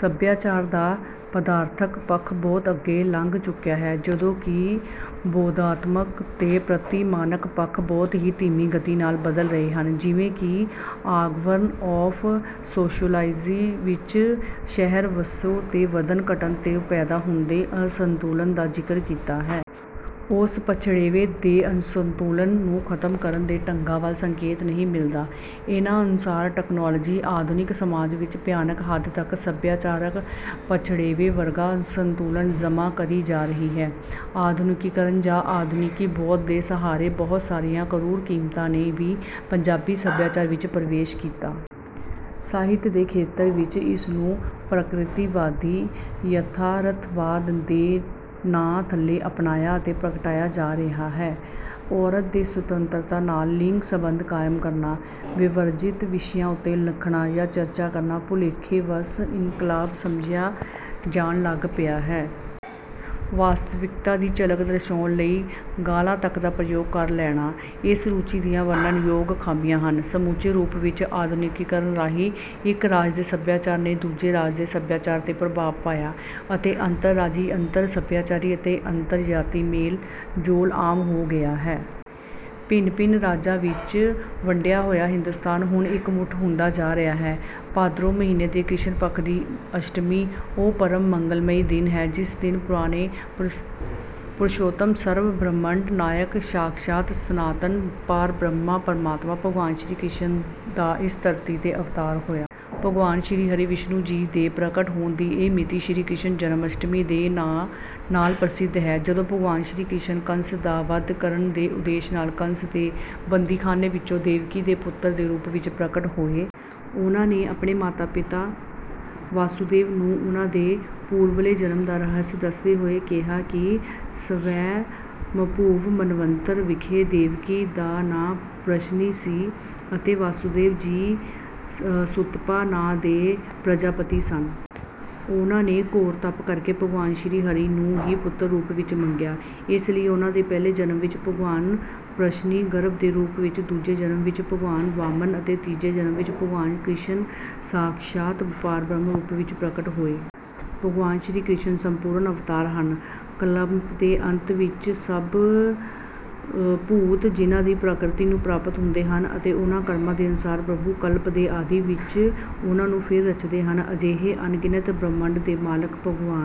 ਸਭਿਆਚਾਰ ਦਾ ਪਦਾਰਥਕ ਪੱਖ ਬਹੁਤ ਅੱਗੇ ਲੰਘ ਚੁੱਕਿਆ ਹੈ। ਜਦੋਂ ਕਿ ਬੋਧਾਤਮਕ ਤੇ ਪ੍ਰਤਿਮਾਨਕ ਪੱਖ ਬਹੁਤ ਹੀ ਧੀਮੀ ਗਤੀ ਨਾਲ ਬਦਲ ਰਹੇ ਹਨ। ਜਿਵੇਂ ਕਿ ਆਗਬਰਨ ਆਫ ਸੋਸ਼ਿਅਲੋਜੀ ਵਿੱਚ ਸ਼ਹਿਰੀ ਵਸੋਂ ਦੇ ਵੱਧਣ-ਘੱਟਣ ਤੇਂ ਪੈਦਾ ਹੁੰਦੇ ਅਸੰਤੁਲਨ ਦਾ ਜ਼ਿਕਰ ਕੀਤਾ ਹੈ। ਉਸ ਪਛੜੇਵੇਂ ਦੇ ਅਸੰਤੁਲਨ ਨੂੰ ਖਤਮ ਕਰਨ ਦੇ ਢੰਗਾਂ ਵੱਲ ਸੰਕੇਤ ਨਹੀਂ ਮਿਲਦਾ। ਇਨ੍ਹਾਂ ਅਨੁਸਾਰ ਟਕਨਾਲੋਜੀ ਆਧੁਨਿਕ ਸਮਾਜ ਵਿੱਚ ਭਿਆਨਕ ਹੱਦ ਤੱਕ ਸਭਿਆਚਾਰਕ ਪਛੜੇਵੇਂ ਵਰਗਾ ਅਸੰਤੁਲਨ ਜਮ੍ਹਾਂ ਕਰੀ ਜਾ ਰਹੀ ਹੈ। ਆਧੁਨਿਕੀਕਰਨ ਜਾਂ ਆਧੁਨਿਕੀ ਬੋਧ ਦੇ ਸਹਾਰੇ ਬਹੁਤ ਸਾਰੀਆਂ ਕਰੂਰ ਕੀਮਤਾਂ ਨੇ ਵੀ ਪੰਜਾਬੀ ਸਭਿਆਚਾਰ ਵਿੱਚ ਪ੍ਰਵੇਸ਼ ਕੀਤਾ। ਸਾਹਿਤ ਦੇ ਖੇਤਰ ਵਿੱਚ ਇਸਨੂੰ ਪ੍ਰਕਿਰਤੀਵਾਦੀ ਯਥਾਰਥਵਾਦ ਦੇ ਨਾਂ ਥੱਲੇ ਅਪਣਾਇਆ ਅਤੇ ਪ੍ਰਗਟਾਇਆ ਜਾ ਰਿਹਾ ਹੈ। ਔਰਤ ਦੀ ਸੁਤੰਤਰਤਾ ਨਾਲ ਲਿੰਗ ਸੰਬੰਧ ਕਾਇਮ ਕਰਨਾ। ਵਿਵਰਜੀਤ ਵਿਸ਼ਿਆ ਉੱਤੇ ਲਿਖਣਾ ਜਾਂ ਚਰਚਾ ਕਰਨਾ ਭੁਲੇਖੇ ਵਸ ਇਨਕਲਾਬ ਸਮਝਿਆ ਜਾਣ ਲੱਗ ਪਿਆ ਹੈ। ਵਾਸਤਵਿਕਤਾ ਦੀ ਝਲਕ ਦਰਸਾਉਣ ਲਈ ਗਾਲਾਂ ਤੱਕ ਦਾ ਪ੍ਰਯੋਗ ਕਰ ਲੈਣਾ ਇਸ ਰੁਚੀ ਦੀਆਂ ਵਰਣਨ ਯੋਗ ਖਾਮੀਆਂ ਹਨ। ਸਮੁੱਚੇ ਰੂਪ ਵਿੱਚ ਆਧੁਨਿਕੀਕਰਨ ਰਾਹੀਂ ਇੱਕ ਰਾਜ ਦੇ ਸਭਿਆਚਾਰ ਨੇ ਦੂਜੇ ਰਾਜ ਦੇ ਸਭਿਆਚਾਰ ਤੇ ਪ੍ਰਭਾਵ ਪਾਇਆ ਅਤੇ ਅੰਤਰ-ਰਾਜੀ ਅੰਤਰ-ਸਭਿਆਚਾਰੀ ਅਤੇ ਅੰਤਰ-ਜਾਤੀ ਮੇਲ-ਜੋਲ ਆਮ ਹੋ ਗਿਆ ਹੈ। ਭਿੰਨ-ਭਿੰਨ ਰਾਜਾਂ ਵਿੱਚ ਵੰਡਿਆ ਹੋਇਆ ਹਿੰਦੁਸਤਾਨ ਹੁਣ ਇੱਕਮੁੱਠ ਹੁੰਦਾ ਜਾ ਰਿਹਾ ਹੈ। ਭਾਦਰੋਂ ਮਹੀਨੇ ਦੇ ਕ੍ਰਿਸ਼ਨ ਪੱਖ ਦੀ ਅਸ਼ਟਮੀ ਉਹ ਪਰਮ ਮੰਗਲਮਈ ਦਿਨ ਹੈ। ਜਿਸ ਦਿਨ ਪੁਰਾਣੇ ਪ੍ਰਸ਼ੋਤਮ ਸਰਬ ਬ੍ਰਹਿਮੰਡ ਨਾਇਕ ਸਾਖਸ਼ਾਤ ਸਨਾਤਨ ਪਾਰਬ੍ਰਹਮਾ ਪ੍ਰਮਾਤਮਾ ਭਗਵਾਨ ਸ਼੍ਰੀ ਕ੍ਰਿਸ਼ਨ ਦਾ ਇਸ ਧਰਤੀ ਤੇ ਅਵਤਾਰ ਹੋਇਆ। ਭਗਵਾਨ ਸ਼੍ਰੀ ਹਰੀ ਵਿਸ਼ਨੂੰ ਜੀ ਦੇ ਪ੍ਰਗਟ ਹੋਣ ਦੀ ਇਹ ਮਿਤੀ ਸ਼੍ਰੀ ਕ੍ਰਿਸ਼ਨ ਜਨਮ ਅਸ਼ਟਮੀ ਦੇ ਨਾਂ ਨਾਲ ਪ੍ਰਸਿੱਧ ਹੈ। ਜਦੋਂ ਭਗਵਾਨ ਸ਼੍ਰੀ ਕ੍ਰਿਸ਼ਨ ਕੰਸ ਦਾ ਵਧ ਕਰਨ ਦੇ ਉਦੇਸ਼ ਨਾਲ ਕੰਸ ਦੇ ਬੰਦੀਖਾਨੇ ਵਿੱਚੋਂ ਦੇਵਕੀ ਦੇ ਪੁੱਤਰ ਦੇ ਰੂਪ ਵਿੱਚ ਪ੍ਰਗਟ ਹੋਏ। ਉਨ੍ਹਾਂ ਨੇ ਆਪਣੀ ਮਾਤਾ ਪਿਤਾ ਵਾਸੁਦੇਵ ਨੂੰ ਉਨ੍ਹਾਂ ਦੇ ਪੂਰਬਲੇ ਜਨਮ ਦਾ ਰਹੱਸ ਦੱਸਦੇ ਹੋਏ ਕਿਹਾ ਕਿ ਸਵੈਮਭੁਵ ਮਨਵੰਤਰ ਵਿਖੇ ਦੇਵਕੀ ਦਾ ਨਾਂ ਪ੍ਰਸ਼ਨੀ ਸੀ। ਅਤੇ ਵਾਸੁਦੇਵ ਜੀ ਸੁਤਪਾ ਨਾਂ ਦੇ ਪ੍ਰਜਾਪਤੀ ਸਨ। ਉਨ੍ਹਾਂ ਨੇ ਘੋਰ ਤਪ ਕਰਕੇ ਭਗਵਾਨ ਸ਼੍ਰੀ ਹਰੀ ਨੂੰ ਹੀ ਪੁੱਤਰ ਰੂਪ ਵਿੱਚ ਮੰਗਿਆ। ਇਸ ਲਈ ਉਨ੍ਹਾਂ ਦੇ ਪਹਿਲੇ ਜਨਮ ਵਿੱਚ ਭਗਵਾਨ ਪ੍ਰਸ਼ਨੀ ਗਰਭ ਦੇ ਰੂਪ ਵਿੱਚ ਦੂਜੇ ਜਨਮ ਵਿੱਚ ਭਗਵਾਨ ਵਾਮਨ ਅਤੇ ਤੀਜੇ ਜਨਮ ਵਿੱਚ ਭਗਵਾਨ ਕ੍ਰਿਸ਼ਨ ਸਾਖਸ਼ਾਤ ਪਾਰਬ੍ਰਹਮ ਰੂਪ ਵਿੱਚ ਪ੍ਰਗਟ ਹੋਏ। ਭਗਵਾਨ ਸ਼੍ਰੀ ਕ੍ਰਿਸ਼ਨ ਸੰਪੂਰਨ ਅਵਤਾਰ ਹਨ। ਕਲਪ ਦੇ ਅੰਤ ਵਿੱਚ ਸਭ ਭੂਤ ਜਿਨ੍ਹਾਂ ਦੀ ਪ੍ਰਕਿਰਤੀ ਨੂੰ ਪ੍ਰਾਪਤ ਹੁੰਦੇ ਹਨ। ਅਤੇ ਉਨ੍ਹਾਂ ਕਰਮਾਂ ਦੇ ਅਨੁਸਾਰ ਪ੍ਰਭੂ ਕਲਪ ਦੇ ਆਦਿ ਵਿੱਚ ਉਨ੍ਹਾਂ ਨੂੰ ਫਿਰ ਰਚਦੇ ਹਨ। ਅਜਿਹੇ ਅਣਗਿਣਤ ਬ੍ਰਹਿਮੰਡ ਦੇ ਮਾਲਕ ਭਗਵਾਨ